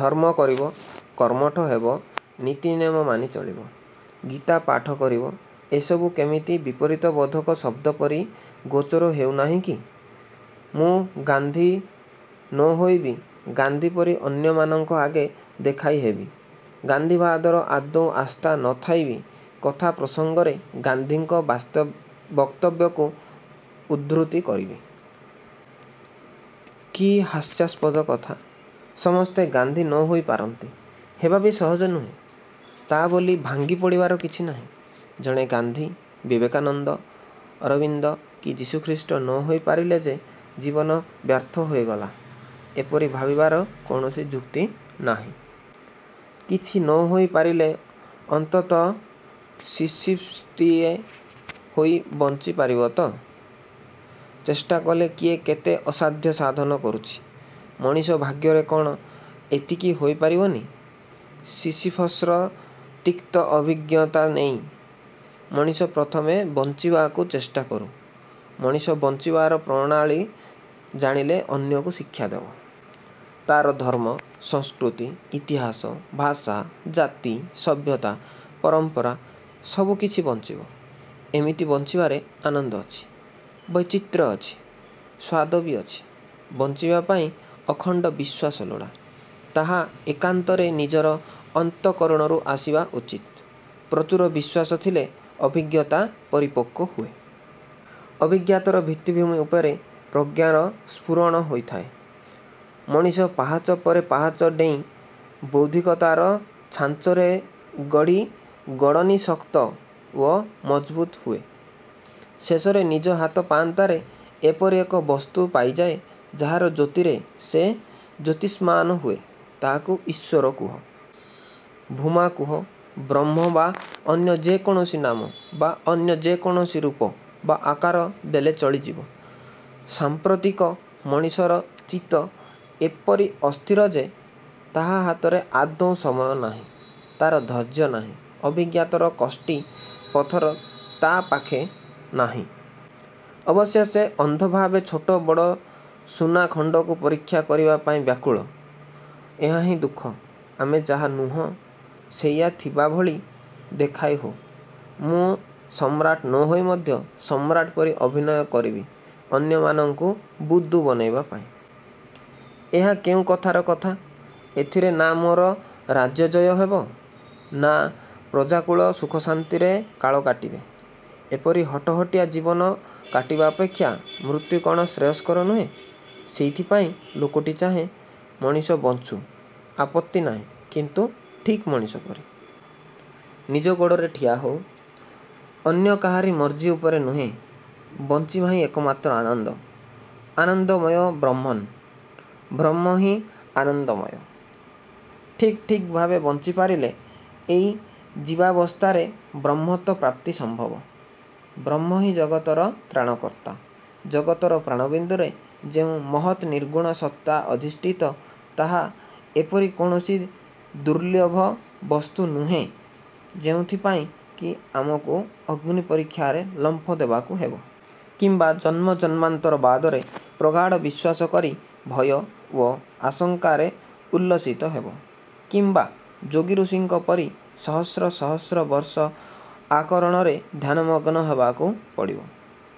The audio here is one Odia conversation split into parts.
ଧର୍ମ କରିବ। କର୍ମଠ ହେବ। ନୀତିନିୟମ ମାନି ଚଳିବ। ଗୀତା ପାଠ କରିବ। ଏସବୁ କେମିତି ବିପରୀତବୋଧକ ଶବ୍ଦ ପରି ଗୋଚର ହେଉ ନାହିଁକି? ମୁଁ ଗାନ୍ଧୀ ନ ହୋଇବି ଗାନ୍ଧୀ ପରି ଅନ୍ୟମାନଙ୍କ ଆଗେ ଦେଖାଇ ହେବି। ଗାନ୍ଧୀବାଦରେ ଆଦୌ ଆସ୍ଥା ନଥାଇବି କଥା ପ୍ରସଙ୍ଗରେ ଗାନ୍ଧୀଙ୍କ ବକ୍ତବ୍ୟକୁ ଉଦ୍ଧୃତି କରିବି। କି ହାସ୍ୟାସ୍ପଦ କଥା! ସମସ୍ତେ ଗାନ୍ଧୀ ନହୋଇ ପାରନ୍ତି। ହେବା ବି ସହଜ ନୁହେଁ, ତା'ବୋଲି ଭାଙ୍ଗି ପଡ଼ିବାର କିଛି ନାହିଁ। ଜଣେ ଗାନ୍ଧୀ, ବିବେକାନନ୍ଦ, ଅରବିନ୍ଦ କି ଯୀଶୁଖ୍ରୀଷ୍ଟ ନହୋଇ ପାରିଲେ ଯେ ଜୀବନ ବ୍ୟର୍ଥ ହୋଇଗଲା, ଏପରି ଭାବିବାର କୌଣସି ଯୁକ୍ତି ନାହିଁ। କିଛି ନହୋଇ ପାରିଲେ ଅନ୍ତତଃ ସିସିଫସ୍ଟିଏ ହୋଇ ବଞ୍ଚି ପାରିବତ। ଚେଷ୍ଟାକଲେ କିଏ କେତେ ଅସାଧ୍ୟ ସାଧନ କରୁଛି। ମଣିଷ ଭାଗ୍ୟରେ କ'ଣ ଏତିକି ହୋଇ ପାରିବନି? ସିସିଫସ୍ର ତିକ୍ତ ଅଭିଜ୍ଞତା ନେଇ ମଣିଷ ପ୍ରଥମେ ବଞ୍ଚିବାକୁ ଚେଷ୍ଟା କରୁ। ମଣିଷ ବଞ୍ଚିବାର ପ୍ରଣାଳୀ ଜାଣିଲେ ଅନ୍ୟକୁ ଶିକ୍ଷା ଦେବ। ତା'ର ଧର୍ମ, ସଂସ୍କୃତି, ଇତିହାସ, ଭାଷା, ଜାତି, ସଭ୍ୟତା, ପରମ୍ପରା-ସବୁକିଛି ବଞ୍ଚିବ। ଏମିତି ବଞ୍ଚିବାରେ ଆନନ୍ଦ ଅଛି। ବୈଚିତ୍ର୍ୟ ଅଛି। ସ୍ୱାଦ ବି ଅଛି। ବଞ୍ଚିବା ପାଇଁ ଅଖଣ୍ଡ ବିଶ୍ୱାସ ଲୋଡ଼ା। ତାହା ଏକାନ୍ତରେ ନିଜର ଅନ୍ତଃକରଣରୁ ଆସିବା ଉଚିତ। ପ୍ରଚୁର ବିଶ୍ୱାସ ଥିଲେ ଅଭିଜ୍ଞତା ପରିପକ୍ୱ ହୁଏ। ଅଭିଜ୍ଞତାର ଭିତ୍ତିଭୂମି ଉପରେ ପ୍ରଜ୍ଞାର ସ୍ଫୁରଣ ହୋଇଥାଏ। ମଣିଷ ପାହାଚ ପରେ ପାହାଚ ଡେଇଁ ବୌଦ୍ଧିକତାର ଛାଞ୍ଚରେ ଗଡ଼ି ଗଡନି ଶକ୍ତ ଓ ମଜବୁତ୍ ହୁଏ। ଶେଷରେ ନିଜ ହାତ ପାଆନ୍ତାରେ ଏପରି ଏକ ବସ୍ତୁ ପାଇଯାଏ ଯାହାର ଜ୍ୟୋତିରେ ସେ ଜ୍ୟୋତିଷ୍ମାନ ହୁଏ। ତାହାକୁ ଈଶ୍ୱର କୁହ। ଭୂମା କୁହ। ବ୍ରହ୍ମ ବା ଅନ୍ୟ ଯେ କୌଣସି ନାମ ବା ଅନ୍ୟ ଯେ କୌଣସି ରୂପ ବା ଆକାର ଦେଲେ ଚଳିଯିବ। ସାଂପ୍ରତିକ ମଣିଷର ଚିତ୍ତ ଏପରି ଅସ୍ଥିର ଯେ ତାହା ହାତରେ ଆଦୌ ସମୟ ନାହିଁ। ତା'ର ଧୈର୍ଯ୍ୟ ନାହିଁ। ଅଭିଜ୍ଞତାର କଷ୍ଟି ପଥର ତା' ପାଖେ ନାହିଁ। ଅବଶ୍ୟ ସେ ଅନ୍ଧ ଭାବେ ଛୋଟ ବଡ଼ ସୁନା ଖଣ୍ଡକୁ ପରୀକ୍ଷା କରିବା ପାଇଁ ବ୍ୟାକୁଳ। ଏହାହିଁ ଦୁଃଖ। ଆମେ ଯାହା ନୁହଁ, ସେଇଆ ଥିବାଭଳି ଦେଖାଇ ହଉ। ମୁଁ ସମ୍ରାଟ ନ ହୋଇ ମଧ୍ୟ ସମ୍ରାଟ ପରି ଅଭିନୟ କରିବି ଅନ୍ୟମାନଙ୍କୁ ବୁଦ୍ଦୁ ବନେଇବା ପାଇଁ। ଏହା କେଉଁ କଥାର କଥା। ଏଥିରେ ନାଁ ମୋର ରାଜ୍ୟଜୟ ହେବ? ନାଁ ପ୍ରଜାକୁଳ ସୁଖଶାନ୍ତିରେ କାଳ କାଟିବେ? ଏପରି ହଟହଟିଆ ଜୀବନ କାଟିବା ଅପେକ୍ଷା ମୃତ୍ୟୁ କ'ଣ ଶ୍ରେୟସ୍କର ନୁହେଁ? ସେଇଥିପାଇଁ ଲୋକଟି ଚାହେଁ, ମଣିଷ ବଞ୍ଚୁ। ଆପତ୍ତି ନାହିଁ। କିନ୍ତୁ ଠିକ୍ ମଣିଷ ପରି। ନିଜ ଗୋଡ଼ରେ ଠିଆ ହେଉ। ଅନ୍ୟ କାହାରି ମର୍ଜି ଉପରେ ନୁହେଁ। ବଞ୍ଚିବାହିଁ ଏକମାତ୍ର ଆନନ୍ଦ। ଆନନ୍ଦମୟୋ ବ୍ରହ୍ମନ୍। ବ୍ରହ୍ମହିଁ ଆନନ୍ଦମୟ। ଠିକ୍ ଠିକ୍ ଭାବେ ବଞ୍ଚି ପାରିଲେ ଏଇ ଜୀବାବସ୍ଥାରେ ବ୍ରହ୍ମତ୍ୱ ପ୍ରାପ୍ତି ସମ୍ଭବ। ବ୍ରହ୍ମହିଁ ଜଗତର ତ୍ରାଣକର୍ତ୍ତା। ଜଗତର ପ୍ରାଣବିନ୍ଦୁରେ ଯେଉଁ ମହତ୍ ନିର୍ଗୁଣ ସତ୍ତା ଅଧିଷ୍ଠିତ, ତାହା ଏପରି କୌଣସି ଦୁର୍ଲଭ ବସ୍ତୁ ନୁହେଁ ଯେଉଁଥି ପାଇଁ କି ଆମକୁ ଅଗ୍ନିପରୀକ୍ଷାରେ ଲମ୍ଫ ଦେବାକୁ ହେବ। କିମ୍ବା ଜନ୍ମ ଜନ୍ମାନ୍ତର ବାଦରେ ପ୍ରଗାଢ଼ ବିଶ୍ୱାସ କରି ଭୟ ଓ ଆଶଙ୍କାରେ ଉଲ୍ଲସିତ ହେବ, କିମ୍ବା ଯୋଗୀଋଷିଙ୍କ ପରି ସହସ୍ର ସହସ୍ର ବର୍ଷ ଅକାରଣରେ ଧ୍ୟାନମଗ୍ନ ହେବାକୁ ପଡ଼ିବ।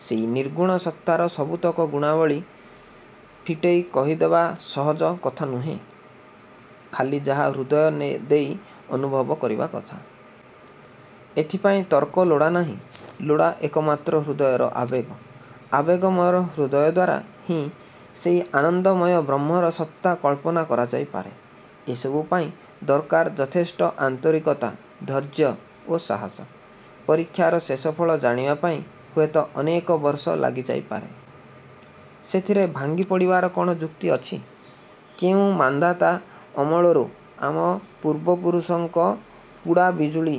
ସେଇ ନିର୍ଗୁଣ ସତ୍ତାର ସବୁତକ ଗୁଣାବଳୀ ଫିଟେଇ କହିଦେବା ସହଜ କଥାନୁହେଁ। ଖାଲି ଯାହା ହୃଦୟ ଦେଇ ଅନୁଭବ କରିବା କଥା। ଏଥିପାଇଁ ତର୍କ ଲୋଡ଼ା ନାହିଁ। ଲୋଡ଼ା ଏକମାତ୍ର ହୃଦୟର ଆବେଗ। ଆବେଗମୟ ହୃଦୟଦ୍ୱାରା ହିଁ ସେଇ ଆନନ୍ଦମୟ ବ୍ରହ୍ମର ସତ୍ତା କଳ୍ପନା କରାଯାଇପାରେ। ଏସବୁ ପାଇଁ ଦରକାର ଯଥେଷ୍ଟ ଆନ୍ତରିକତା ଧୈର୍ଯ୍ୟ ଓ ସାହାସ, ପରୀକ୍ଷାର ଶେଷ ଫଳ ଜାଣିବା ପାଇଁ ହୁଏତ ଅନେକ ବର୍ଷ ଲାଗିଯାଇପାରେ। ସେଥିରେ ଭାଙ୍ଗି ପଡ଼ିବାର କ'ଣ ଯୁକ୍ତି ଅଛି। କେଉଁ ମାନ୍ଧାତା ଅମଳରୁ ଆମ ପୂର୍ବପୁରୁଷଙ୍କ ପୁଡ଼ାବୁଜୁଳି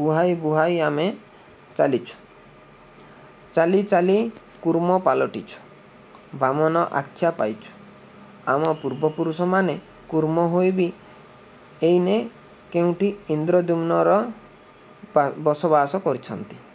ବୁହାଇ ବୁହାଇ ଆମେ ଚାଲିଛୁ। ଚାଲି ଚାଲି କୂର୍ମ ପାଲଟିଛୁ। ବାମନ ଆଖ୍ୟା ପାଇଛୁ। ଆମ ପୂର୍ବପୁରୁଷ ମାନେ କୂର୍ମ ହୋଇ ବି ଏଇନେ କେଇଁଠି ଇନ୍ଦ୍ରଦ୍ୟୁମ୍ନରେ ବସବାସ କରୁଛନ୍ତି।